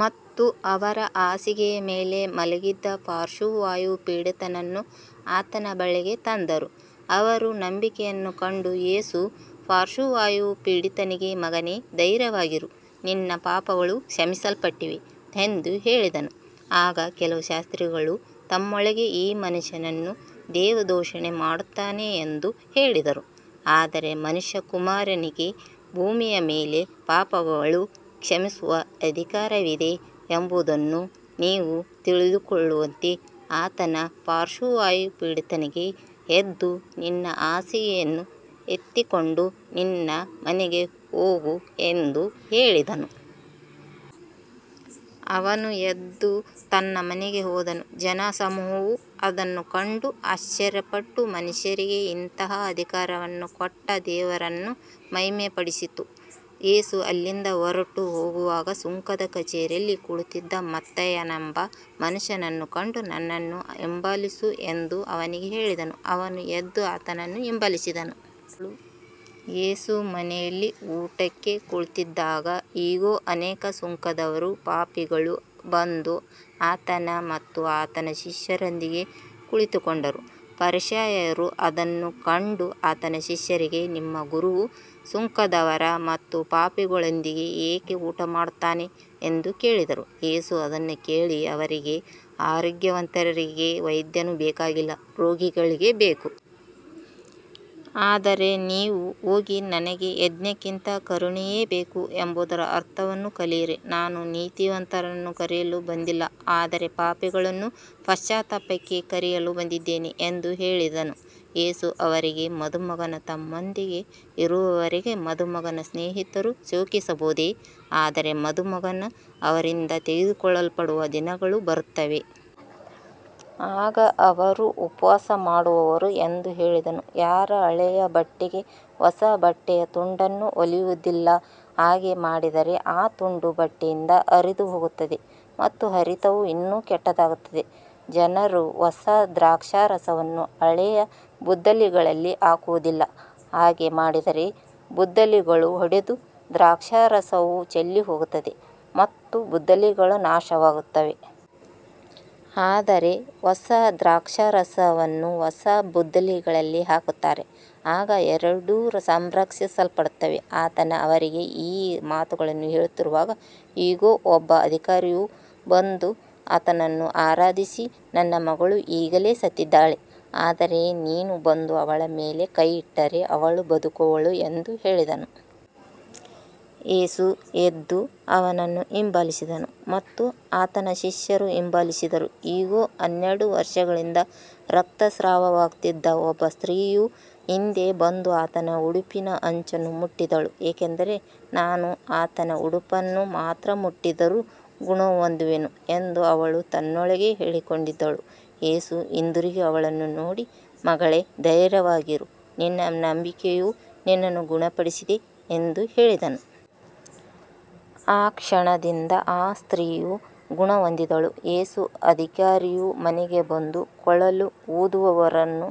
ಮತ್ತು ಅವರು ಹಾಸಿಗೆಯ ಮೇಲೆ ಮಲಗಿದ್ದ ಪಾರ್ಶ್ವವಾಯುಪೀಡಿತನನ್ನು ಆತನ ಬಳಿಗೆ ತಂದರು. ಅವರ ನಂಬಿಕೆಯನ್ನು ಕಂಡ ಯೇಸು ಪಾರ್ಶ್ವವಾಯುಪೀಡಿತನಿಗೆ, ಮಗನೇ, ಧೈರ್ಯವಾಗಿರು, ನಿನ್ನ ಪಾಪಗಳು ಕ್ಷಮಿಸಲ್ಪಟ್ಟಿವೆ ಎಂದು ಹೇಳಿದನು. ಆಗ ಕೆಲವು ಶಾಸ್ತ್ರಿಗಳು ತಮ್ಮೊಳಗೆ, ಈ ಮನುಷ್ಯನು ದೇವದೂಷಣೆ ಮಾಡುತ್ತಾನೆ ಎಂದು ಹೇಳಿದರು. ಆದರೆ ಮನುಷ್ಯಕುಮಾರನಿಗೆ ಭೂಮಿಯ ಮೇಲೆ ಪಾಪಗಳನ್ನು ಕ್ಷಮಿಸುವ ಅಧಿಕಾರವಿದೆ ಎಂಬುದನ್ನು ನೀವು ತಿಳಿದುಕೊಳ್ಳುವಂತೆ, ಆತನು ಪಾರ್ಶ್ವವಾಯುಪೀಡಿತನಿಗೆ, ಎದ್ದು ನಿನ್ನ ಹಾಸಿಗೆಯನ್ನು ಎತ್ತಿಕೊಂಡು ನಿನ್ನ ಮನೆಗೆ ಹೋಗು ಎಂದು ಹೇಳಿದನು. ಅವನು ಎದ್ದು ತನ್ನ ಮನೆಗೆ ಹೋದನು. ಜನಸಮೂಹವು ಅದನ್ನು ಕಂಡು ಆಶ್ಚರ್ಯಪಟ್ಟು, ಮನುಷ್ಯರಿಗೆ ಇಂತಹ ಅಧಿಕಾರವನ್ನು ಕೊಟ್ಟ ದೇವರನ್ನು ಮಹಿಮೆಪಡಿಸಿತು. ಯೇಸು ಅಲ್ಲಿಂದ ಹೊರಟುಹೋಗುವಾಗ, ಸುಂಕದ ಕಚೇರಿಯಲ್ಲಿ ಕುಳಿತಿದ್ದ ಮತ್ತಾಯನೆಂಬ ಮನುಷ್ಯನನ್ನು ಕಂಡು, ನನ್ನನ್ನು ಹಿಂಬಾಲಿಸು ಎಂದು ಅವನಿಗೆ ಹೇಳಿದನು. ಅವನು ಎದ್ದು ಆತನನ್ನು ಹಿಂಬಾಲಿಸಿದನು. ಯೇಸು ಮನೆಯಲ್ಲಿ ಊಟಕ್ಕೆ ಕುಳಿತಿದ್ದಾಗ, ಇಗೋ, ಅನೇಕ ಸುಂಕದವರೂ ಪಾಪಿಗಳೂ ಬಂದು ಆತನ ಮತ್ತು ಆತನ ಶಿಷ್ಯರೊಂದಿಗೆ ಕುಳಿತುಕೊಂಡರು. ಫರಿಸಾಯರು ಅದನ್ನು ಕಂಡು ಆತನ ಶಿಷ್ಯರಿಗೆ, ನಿಮ್ಮ ಗುರುವು ಸುಂಕದವರ ಮತ್ತು ಪಾಪಿಗಳೊಂದಿಗೆ ಏಕೆ ಊಟಮಾಡುತ್ತಾನೆ ಎಂದು ಕೇಳಿದರು. ಯೇಸು ಅದನ್ನು ಕೇಳಿ ಅವರಿಗೆ, ಆರೋಗ್ಯವಂತರಿಗೆ ವೈದ್ಯನು ಬೇಕಾಗಿಲ್ಲ, ರೋಗಿಗಳಿಗೆ ಬೇಕು. ಆದರೆ ನೀವು ಹೋಗಿ, ನನಗೆ ಯಜ್ಞಕ್ಕಿಂತ ಕರುಣೆಯೇ ಬೇಕು ಎಂಬುದರ ಅರ್ಥವನ್ನು ಕಲಿಯಿರಿ. ನಾನು ನೀತಿವಂತರನ್ನು ಕರೆಯಲು ಬಂದಿಲ್ಲ, ಆದರೆ ಪಾಪಿಗಳನ್ನು ಪಶ್ಚಾತ್ತಾಪಕ್ಕೆ ಕರೆಯಲು ಬಂದಿದ್ದೇನೆ ಎಂದು ಹೇಳಿದನು. ಯೇಸು ಅವರಿಗೆ, ಮದುಮಗನು ತಮ್ಮೊಂದಿಗೆ ಇರುವವರೆಗೆ ಮದುಮಗನ ಸ್ನೇಹಿತರು ಶೋಕಿಸಬಹುದೇ? ಆದರೆ ಮದುಮಗನು ಅವರಿಂದ ತೆಗೆದುಕೊಳ್ಳಲ್ಪಡುವ ದಿನಗಳು ಬರುತ್ತವೆ. ಆಗ ಅವರು ಉಪವಾಸಮಾಡುವರು ಎಂದು ಹೇಳಿದನು. ಯಾರೂ ಹಳೆಯ ಬಟ್ಟೆಗೆ ಹೊಸ ಬಟ್ಟೆಯ ತುಂಡನ್ನು ಹೊಲಿಯುವುದಿಲ್ಲ. ಹಾಗೆ ಮಾಡಿದರೆ ಆ ತುಂಡು ಬಟ್ಟೆಯಿಂದ ಹರಿದುಹೋಗುತ್ತದೆ ಮತ್ತು ಹರಿತವು ಇನ್ನೂ ಕೆಟ್ಟದಾಗುತ್ತದೆ. ಜನರು ಹೊಸ ದ್ರಾಕ್ಷಾರಸವನ್ನು ಹಳೆಯ ಬುದ್ದಲಿಗಳಲ್ಲಿ ಹಾಕುವುದಿಲ್ಲ. ಹಾಗೆ ಮಾಡಿದರೆ ಬುದ್ದಲಿಗಳು ಒಡೆದು ದ್ರಾಕ್ಷಾರಸವು ಚೆಲ್ಲಿಹೋಗುತ್ತದೆ ಮತ್ತು ಬುದ್ದಲಿಗಳು ನಾಶವಾಗುತ್ತವೆ. ಆದರೆ ಹೊಸ ದ್ರಾಕ್ಷಾರಸವನ್ನು ಹೊಸ ಬುದ್ದಲಿಗಳಲ್ಲಿ ಹಾಕುತ್ತಾರೆ. ಆಗ ಎರಡೂ ಸಂರಕ್ಷಿಸಲ್ಪಡುತ್ತವೆ. ಆತನು ಅವರಿಗೆ ಈ ಮಾತುಗಳನ್ನು ಹೇಳುತ್ತಿರುವಾಗ, ಇಗೋ, ಒಬ್ಬ ಅಧಿಕಾರಿಯು ಬಂದು ಆತನನ್ನು ಆರಾಧಿಸಿ, ನನ್ನ ಮಗಳು ಈಗಲೇ ಸತ್ತಿದ್ದಾಳೆ. ಆದರೆ ನೀನು ಬಂದು ಅವಳ ಮೇಲೆ ಕೈ ಇಟ್ಟರೆ ಅವಳು ಬದುಕುವಳು ಎಂದು ಹೇಳಿದನು. ಯೇಸು ಎದ್ದು ಅವನನ್ನು ಹಿಂಬಾಲಿಸಿದನು ಮತ್ತು ಆತನ ಶಿಷ್ಯರೂ ಹಿಂಬಾಲಿಸಿದರು. ಇಗೋ, ಹನ್ನೆರಡು ವರ್ಷಗಳಿಂದ ರಕ್ತಸ್ರಾವವಾಗುತ್ತಿದ್ದ ಒಬ್ಬ ಸ್ತ್ರೀಯು ಹಿಂದೆ ಬಂದು ಆತನ ಉಡುಪಿನ ಅಂಚನ್ನು ಮುಟ್ಟಿದಳು. ಏಕೆಂದರೆ, ನಾನು ಆತನ ಉಡುಪನ್ನು ಮಾತ್ರ ಮುಟ್ಟಿದರೂ ಗುಣಹೊಂದುವೆನು ಎಂದು ಅವಳು ತನ್ನೊಳಗೆ ಹೇಳಿಕೊಂಡಿದ್ದಳು. ಯೇಸು ಹಿಂದಿರುಗಿ ಅವಳನ್ನು ನೋಡಿ, ಮಗಳೇ, ಧೈರ್ಯವಾಗಿರು, ನಿನ್ನ ನಂಬಿಕೆಯು ನಿನ್ನನ್ನು ಗುಣಪಡಿಸಿದೆ ಎಂದು ಹೇಳಿದನು. ಆ ಕ್ಷಣದಿಂದ ಆ ಸ್ತ್ರೀಯು ಗುಣಹೊಂದಿದಳು. ಯೇಸು ಅಧಿಕಾರಿಯ ಮನೆಗೆ ಬಂದು, ಕೊಳಲು ಊದುವವರನ್ನೂ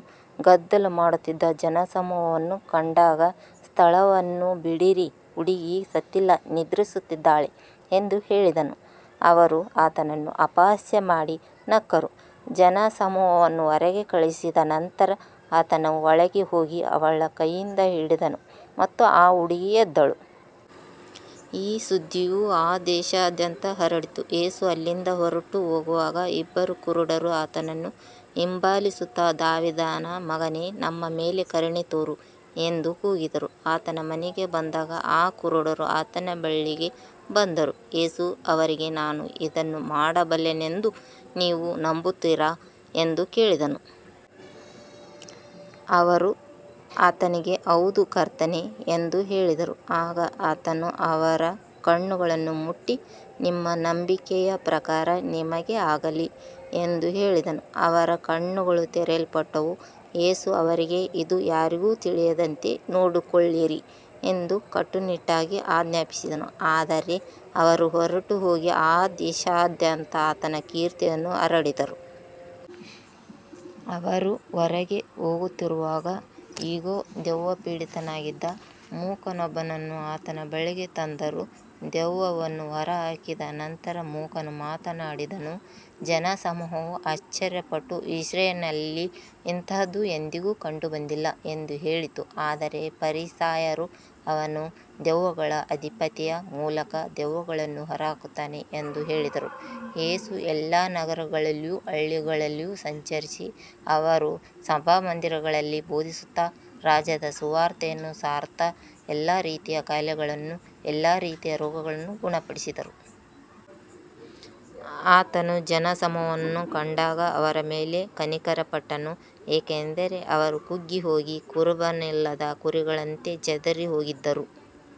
ಗದ್ದಲಮಾಡುತ್ತಿದ್ದ ಜನಸಮೂಹವನ್ನೂ ಕಂಡಾಗ, ಸ್ಥಳವನ್ನು ಬಿಡಿರಿ. ಹುಡುಗಿ ಸತ್ತಿಲ್ಲ, ನಿದ್ರಿಸುತ್ತಿದ್ದಾಳೆ ಎಂದು ಹೇಳಿದನು. ಅವರು ಆತನನ್ನು ಅಪಹಾಸ್ಯಮಾಡಿ ನಕ್ಕರು. ಜನಸಮೂಹವನ್ನು ಹೊರಗೆ ಕಳುಹಿಸಿದ ನಂತರ ಆತನು ಒಳಗೆ ಹೋಗಿ ಅವಳ ಕೈಯನ್ನು ಹಿಡಿದನು ಮತ್ತು ಆ ಹುಡುಗಿ ಎದ್ದಳು. ಈ ಸುದ್ದಿಯು ಆ ದೇಶದಾದ್ಯಂತ ಹರಡಿತು. ಯೇಸು ಅಲ್ಲಿಂದ ಹೊರಟುಹೋಗುವಾಗ ಇಬ್ಬರು ಕುರುಡರು ಆತನನ್ನು ಹಿಂಬಾಲಿಸುತ್ತಾ, ದಾವೀದನ ಮಗನೇ, ನಮ್ಮ ಮೇಲೆ ಕರುಣೆ ತೋರು ಎಂದು ಕೂಗಿದರು. ಆತನು ಮನೆಗೆ ಬಂದಾಗ ಆ ಕುರುಡರು ಆತನ ಬಳಿಗೆ ಬಂದರು. ಯೇಸು ಅವರಿಗೆ, ನಾನು ಇದನ್ನು ಮಾಡಬಲ್ಲೆನೆಂದು ನೀವು ನಂಬುತ್ತೀರಾ ಎಂದು ಕೇಳಿದನು. ಅವರು ಆತನಿಗೆ, ಹೌದು, ಕರ್ತನೇ ಎಂದು ಹೇಳಿದರು. ಆಗ ಆತನು ಅವರ ಕಣ್ಣುಗಳನ್ನು ಮುಟ್ಟಿ, ನಿಮ್ಮ ನಂಬಿಕೆಯ ಪ್ರಕಾರ ನಿಮಗೆ ಆಗಲಿ ಎಂದು ಹೇಳಿದನು. ಅವರ ಕಣ್ಣುಗಳು ತೆರೆಯಲ್ಪಟ್ಟವು. ಯೇಸು ಅವರಿಗೆ, ಇದು ಯಾರಿಗೂ ತಿಳಿಯದಂತೆ ನೋಡಿಕೊಳ್ಳಿರಿ ಎಂದು ಕಟ್ಟುನಿಟ್ಟಾಗಿ ಆಜ್ಞಾಪಿಸಿದನು. ಆದರೆ ಅವರು ಹೊರಟುಹೋಗಿ ಆ ದೇಶದಾದ್ಯಂತ ಆತನ ಕೀರ್ತಿಯನ್ನು ಹರಡಿದರು. ಅವರು ಹೊರಗೆ ಹೋಗುತ್ತಿರುವಾಗ, ಇಗೋ, ದೆವ್ವಪೀಡಿತನಾಗಿದ್ದ ಮೂಕನೊಬ್ಬನನ್ನು ಆತನ ಬಳಿಗೆ ತಂದರು. ದೆವ್ವವನ್ನು ಹೊರಹಾಕಿದ ನಂತರ ಮೂಕನು ಮಾತಾಡಿದನು. ಜನಸಮೂಹವು ಆಶ್ಚರ್ಯಪಟ್ಟು, ಇಸ್ರಾಯೇಲಿನಲ್ಲಿ ಇಂತಹದ್ದು ಎಂದಿಗೂ ಕಂಡುಬಂದಿಲ್ಲ ಎಂದು ಹೇಳಿತು. ಆದರೆ ಫರಿಸಾಯರು, ಅವನು ದೆವ್ವಗಳ ಅಧಿಪತಿಯ ಮೂಲಕ ದೆವ್ವಗಳನ್ನು ಹೊರಹಾಕುತ್ತಾನೆ ಎಂದು ಹೇಳಿದರು. ಯೇಸು ಎಲ್ಲಾ ನಗರಗಳಲ್ಲಿಯೂ ಹಳ್ಳಿಗಳಲ್ಲಿಯೂ ಸಂಚರಿಸಿ, ಅವರ ಸಭಾಮಂದಿರಗಳಲ್ಲಿ ಬೋಧಿಸುತ್ತಾ, ರಾಜ್ಯದ ಸುವಾರ್ತೆಯನ್ನು ಸಾರುತ್ತಾ, ಎಲ್ಲಾ ರೀತಿಯ ಕಾಯಿಲೆಗಳನ್ನೂ ಎಲ್ಲಾ ರೀತಿಯ ರೋಗಗಳನ್ನೂ ಗುಣಪಡಿಸಿದನು. ಆತನು ಜನಸಮೂಹವನ್ನು ಕಂಡಾಗ ಅವರ ಮೇಲೆ ಕನಿಕರಪಟ್ಟನು, ಏಕೆಂದರೆ ಅವರು ಕುಗ್ಗಿಹೋಗಿ, ಕುರುಬನಿಲ್ಲದ ಕುರಿಗಳಂತೆ ಚದುರಿಹೋಗಿದ್ದರು.